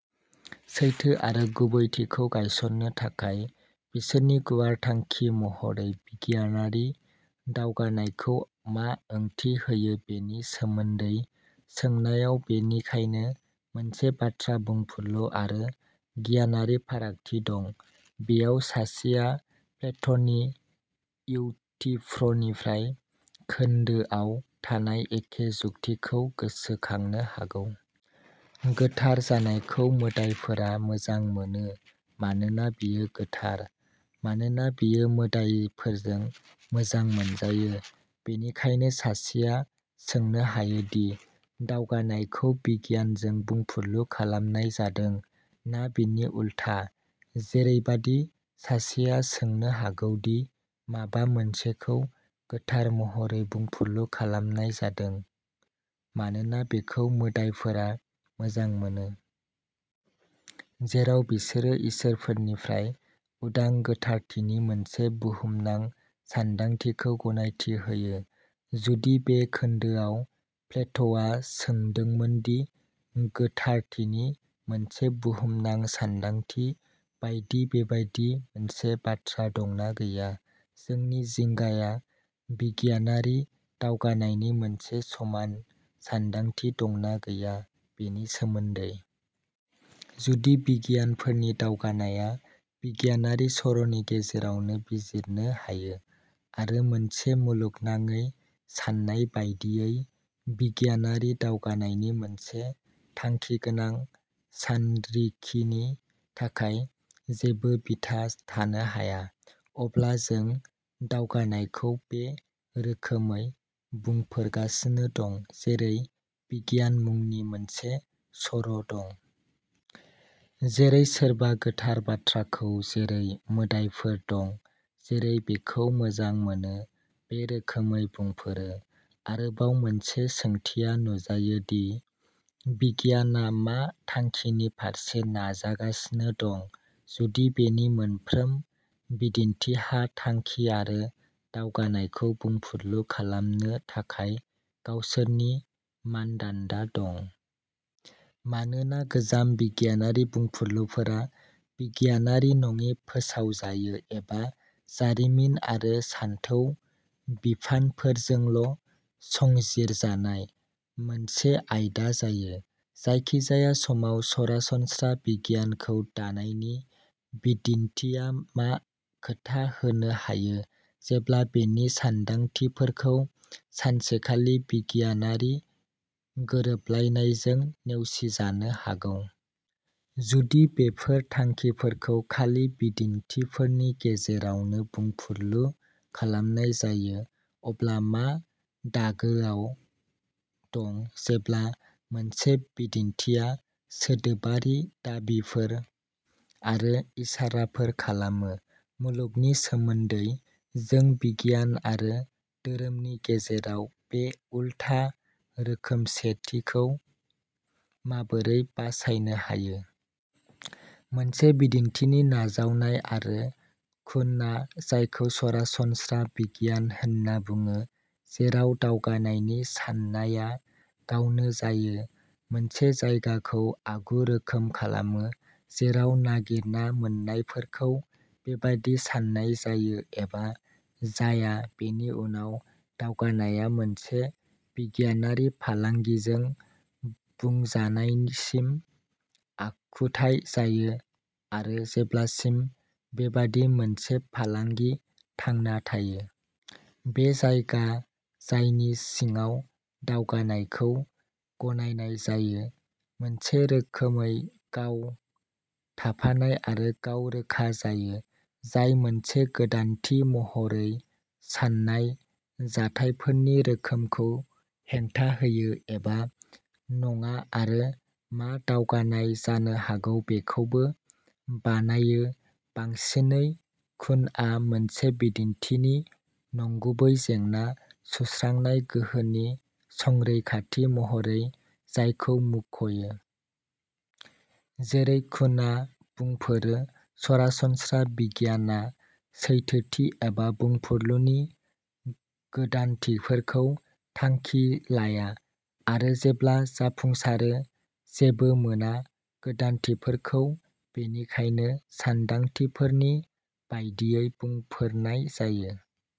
सैथो आरो गुबैथिखौ गायसननो थाखाय बिसोरनि गुवार थांखि महरै बिगियानारि दावगानायखौ मा ओंथि होयो बेनि सोमोनदै सोंनायाव बेनिखायनो मोनसे बाथ्रा बुंफुरलु आरो गियानारि फारागथि दं। बेयाव सासेया प्लेट'नि इउथिफ्रनिफ्राय खोनदोआव थानाय एखे जुक्तिखौ गोसोखांनो हागौ। गोथार जानायखौ मोदाइफोरा मोजां मोनो मानोना बेयो गोथार। मानोना बेयो मोदाइफोरजों मोजां मोनजायो? बेनिखायनो सासेया सोंनो हायो दि दावगानायखौ बिगियानजों बुंफुरलु खालामनाय जादों ना बिनि उलथा। जेरैबादि सासेया सोंनो हागौ दि माबा मोनसेखौ गोथार महरै बुंफुरलु खालामनाय जादों मानोना बेखौ मोदाइफोरा मोजां मोनो। जेराव बिसोरो इसोरफोरनिफ्राय उदां गोथारथिनि मोनसे बुहुमनां सानदांथिखौ गनायथि होयो। जुदि बे खोनदोआव प्लेट'आ सोंदोंमोन दि गोथारथिनि मोनसे बुहुमनां सानदांथि बायदि बेबादि मोनसे बाथ्रा दं ना गैया? जोंनि जिंगाया बिगियानारि दावगानायनि मोनसे समान सानदांथि दं ना गैया बेनि सोमोनदै? जुदि बिगियानफोरनि दावगानायआ बिगियानारि सर'नि गेजेरावनो बिजिरनो हायो आरो मोनसे मुलुगनाङै साननाय बादियै बिगियानारि दावगानायनि मोनसे थांखिगोनां सानरिखिनि थाखाय जेबो बिथा थानो हाया। अब्ला जों दावगानायखौ बे रोखोमै बुंफोरगासिनो दं जेरै बिगियान मुंनि मोनसे सर'दं। जेरै सोरबा गोथार बाथ्राखौ जेरै मोदाइफोर दं जेरै बेखौ मोजां मोनो बे रोखोमै बुंफोरो। आरोबाव मोनसे सोंथिया नुजायो दि बिगियानआ मा थांखिनि फारसे नाजागासिनो दं। जुदि बेनि मोनफ्रोम बिदिनथिहा थांखि आरो दावगानायखौ बुंफुरलु खालामनो थाखाय गावसोरनि मानदान्दा दं। मानोना गोजाम बिगियानारि बुंफुरलुफोरा बिगियानारि नङि फोसावजायो एबा जारिमिन आरो सानथौ बिफानफोरजोंल' संजिरजानाय मोनसे आयदा जायो। जायखिजाया समाव सरासनस्रा बिगियानखौ दानाय बिदिनथिआ मा खोथा होनो हायो। जेब्ला बेनि सान्दांथिफोरखौ सानसेखालि बिगियानारि गोरोबलायनायजों नेवसिजानो हागौ। जुदि बेफोर थांखिफोरखौ खालि बिदिनथिफोरनि गेजेरावनो बुंफुरलु खालामनाय जायो अब्ला मा दागोआव दं जेब्ला मोनसे बिदिनथिया सोदोबारि दाबिफोर आरो इसाराफोर खालामो मुलुगनि सोमोन्दै। जों बिगियान आरो धोरोमनि गेजेराव बे उल्था रोखोमसेथिखौ माबोरै बासायनो हायो? मोनसे बिदिन्थिनि नाजावनाय आरो कुनआ जायखौ सरासनस्रा बिगियान होनना बुङो जेराव दावगानायनि साननाया गावनो जायो मोनसे जायगाखौ आगु रोखा खालामो। जेराव नागिरना मोन्नायफोरखौ बेबादि सान्नाय जायो एबा जाया बेनि उनाव दावगानायआ मोनसे बिगियानारि फालांगिजों बुंजानायसिम आखुथाय जायो आरो जेब्लासिम बेबादि मोनसे फालांगि थांना थायो। बे जायगा जायनि सिङाव दावगानायखौ गनायनाय जायो। मोनसे रोखोमै गाव थाफानाय आरो गाव रोखा जायो। जाय मोनसे गोदानथि महरै सान्नाय जाथायफोरनि रोखोमखौ हेंथा होयो एबा नङा आरो मा दावगानाय जानो हागौ बेखौबो बानायो बांसिनै कुनआ मोनसे बिदिन्थिनि नंगुबै जेंना सुस्रांनाय गोहोनि संरैखाथि महरै जायखौ मुंख'यो। जेरै कुना बुंफोरो सरासनस्रा बिगियानआ सैथोथि एबा बुंफुरलुनि गोदानथिफोरखौ थांखि लाया आरो जेब्ला जाफुंसारो जेबो मोना गोदानथिफोरखौ बेनिखायनो सानदांथिफोरनि बायदियै बुंफोरनाय जायो।